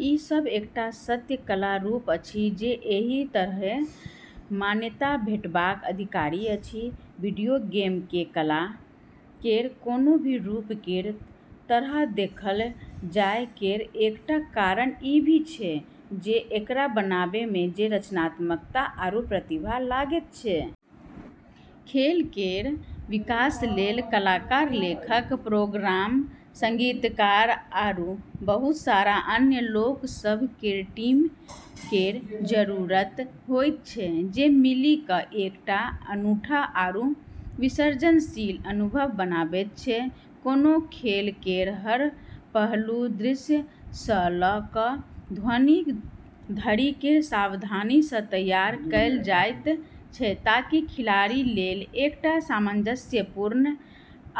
ई सब एकटा सत्य कला रूप अछि जे एहि तरहेँ मान्यता भेटबाक अधिकारी अछि। वीडियो गेम केँ कला केर कोनो भी रूप केर तरह देखल जाए केर एकटा कारण ई भी छै जे एकरा बनाबै मे जे रचनात्मकता आरू प्रतिभा लगैत छै। खेल केर विकास लेल कलाकार, लेखक, प्रोग्रामर, संगीतकार, आरू बहुत सारा अन्य लोक सभ केर टीम केर जरूरत होइत छै जे मिलि कऽ एकटा अनूठा आरू विसर्जनशील अनुभव बनाबैत छै। कोनो खेल केर हर पहलू, दृश्य सँ लऽ कऽ ध्वनि धरि केँ सावधानी सँ तैयार कएल जाइत छै ताकि खिलाड़ी लेल एकटा सामंजस्यपूर्ण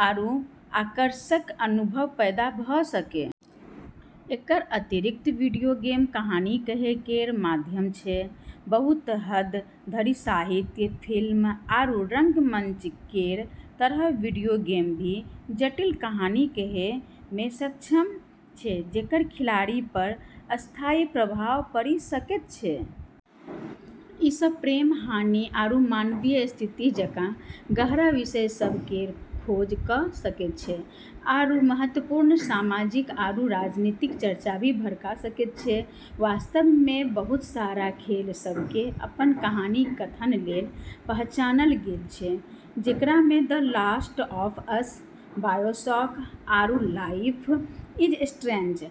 आरू आकर्षक अनुभव पैदा भऽ सकै। एकर अतिरिक्त वीडियो गेम कहानी कहै केर माध्यम छै। बहुत हद धरि साहित्य, फिल्म, आरू रंगमंच केर तरह वीडियो गेम भी जटिल कहानी कहै मे सक्षम छै जेकर खिलाड़ी पर स्थायी प्रभाव पड़ि सकैत छै। ई सब प्रेम, हानि, आरू मानवीय स्थिति जकाँ गहरा विषय सभ केर खोज कऽ सकैत छै, आरू महत्वपूर्ण सामाजिक आरू राजनीतिक चर्चा भी भड़का सकैत छै। वास्तव मे, बहुत सारा खेल सभ केँ अपन कहानी कथन लेल पहचानल गेल छै, जेकरा मे "The Last of Us", "BioShock", आरू "लाइफ इज स्ट्रेंज"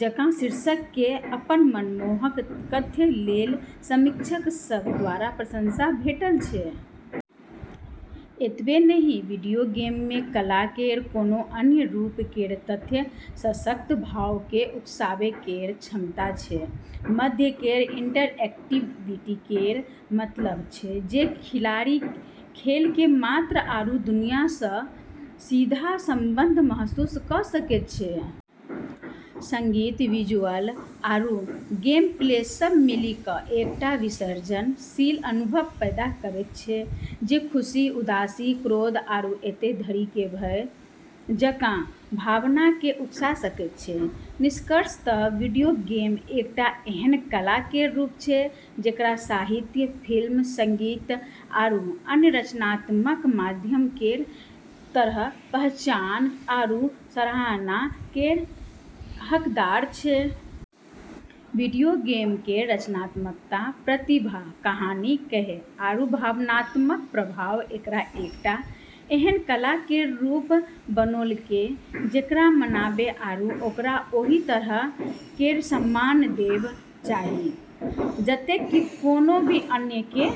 जकाँ शीर्षक केँ अपन मनमोहक कथ्य लेल समीक्षक सभ द्वारा प्रशंसा भेटल छै। एतबे नहि, वीडियो गेम मे कला केर कोनो अन्य रूप केर तरह सशक्त भाव केँ उकसाबै केर क्षमता छै। माध्यम केर इंटरएक्टिविटी केर मतलब छै जे खिलाड़ी खेल केर पात्र आरू दुनिया सँ सीधा संबंध महसूस कऽ सकैत छै। संगीत, विजुअल, आरू गेमप्ले सब मिलि कऽ एकटा विसर्जनशील अनुभव पैदा करैत छै जे खुशी, उदासी, क्रोध, आरू एतय धरि कि भय जकाँ भावना केँ उकसा सकैत छै। निष्कर्षतः वीडियो गेम एकटा एहन कला केर रूप छै जेकरा साहित्य, फिल्म, संगीत, आरू अन्य रचनात्मक माध्यम केर तरह पहचान आरू सराहना केर हकदार छै। वीडियो गेम केर रचनात्मकता, प्रतिभा, कहानी कहै, आरू भावनात्मक प्रभाव एकरा एकटा एहन कला केर रूप बनौलकै जेकरा मनाबै आरू ओकरा ओहि तरह केर सम्मान देब चाहही जतेक कि कोनो भी अन्य केँ।